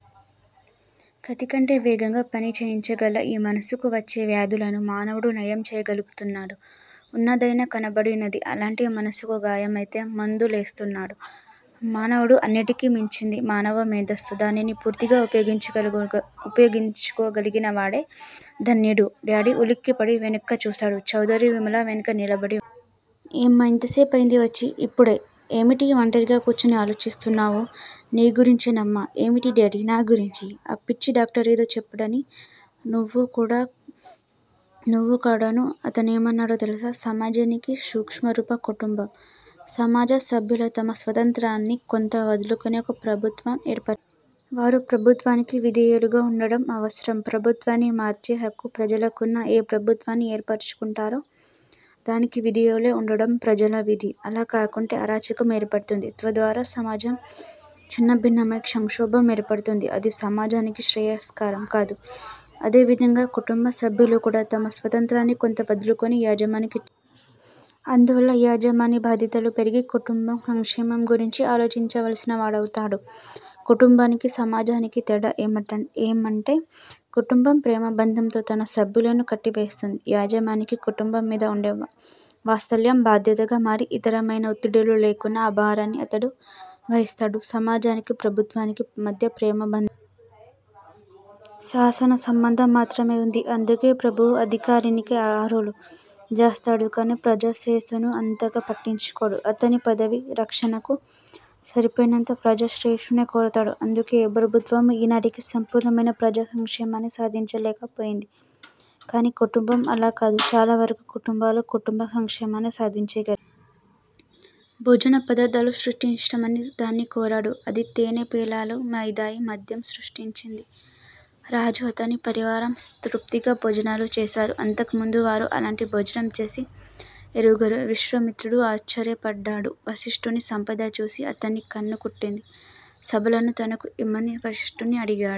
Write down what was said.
కాంతికంటే వేగంగా పయనించగల ఈ మనసుకు వచ్చే వ్యాధులను మానవుడు నయం చేయగలుగుతున్నాడు. ఉన్నదయినా కనబడినది. అలాంటి మనసుకు గాయం అయితే మందు లేస్తున్నాడు మానవుడు. అన్నింటినీ మించింది మానవ మేధస్సు. దానిని పూర్తిగా ఉపయోగించుకోగలిగినవాడే ధన్యుడు__ డాడీ! ఉలిక్కిపడి వెనక్కు చూశాడు చౌదరి. విమల వెనక నిలబడి వుంది. ఏమ్మా! ఎంతసేపైంది వచ్చి? ఇప్పుడే! ఏమిటి వంటరిగా కూర్చుని ఆలోచిస్తున్నారు? నీ గురించేనమ్మా! ఏమిటి డాడీ నా గురించి? ఆ పిచ్చి డాక్టరేదో చెప్పాడని నువ్వు కూడానూ__ అతనేమన్నాడో తెలుసా? సమాజానికి సూక్ష్మరూపం కుటుంబం. సమాజ సభ్యులు తమ స్వాతంత్ర్యాన్ని కొంత వదులుకొని ఒక ప్రభుత్వాన్ని ఏర్పరచారు. వారు ప్రభుత్వానికి విధేయులుగా వుండడం అవసరం. ప్రభుత్వాన్ని మార్చే హక్కు ప్రజలకున్నా, ఏ ప్రభుత్వాన్ని ఏర్పరచుకుంటారో, దానికి విధేయులై వుండడం ప్రజల విధి. అలా కాకుంటే అరాచకం ఏర్పడుతుంది. తద్వారా సమాజం ఛిన్నాభిన్నమై సంక్షోభం ఏర్పడుతుంది. అది సమాజానికి శ్రేయస్కరం కాదు. అదేవిధంగా కుటుంబ సభ్యులు కూడా తమ స్వాతంత్ర్యాన్ని కొంత వదులుకొని, యజమానికిచ్చేస్తారు. అందువల్ల యజమాని బాధ్యతలు పెరిగి కుటుంబ సంక్షేమాన్ని గురించి ఆలోచించవలసినవాడవుతాడు. కుటుంబానికి, సమాజానికి తేడా ఏమంటే, కుటుంబం ప్రేమబంధంతో తన సభ్యులను కట్టివేస్తుంది. యజమానికి కుటుంబం మీద వుండే వాత్సల్యం, బాధ్యతగా మారి, ఇతరమైన ఒత్తుడిలు లేకున్నా ఆ భారాన్ని అతడు వహిస్తాడు. సమాజానికి, ప్రభుత్వానికి మధ్య ప్రేమబంధం లేదు. శాసనబంధం మాత్రమే వుంది. అందుకే ప్రభువు అధికారానికే అర్రులు జాస్తాడు కాని, ప్రజా శ్రేయస్సును అంతగా పట్టించుకోడు. అతని పదవి రక్షణకు సరిపోయినంత ప్రజా శ్రేయస్సునే కోరతాడు. అందుకే ఏ ప్రభుత్వమూ ఈనాటికి సంపూర్ణమైన ప్రజా సంక్షేమాన్ని సాధించలేకపోయింది. కాని కుటుంబం అలాకాదు. చాలావరకు కుటుంబాలు కుటుంబ సంక్షేమాన్ని సాధించగలిగాయి. భోజన పదార్ధాలు సృష్టించమని దాన్ని కోరాడు. అది తేనె, పేలాలు, మైదేయ్, మద్యం సృష్టించింది. రాజు అతని పరివారం తృప్తిగా భోజనాలు చేశారు. అంతకుముందు వారు అలాంటి భోజనం చేసి ఎరుగరు. విశ్వామిత్రుడు ఆశ్చర్యపడ్డాడు. వశిష్టుని సంపద చూచి అతనికి కన్ను కుట్టింది. శబళను తనకు ఇమ్మని వశిష్టుణ్ణి అడిగాడు.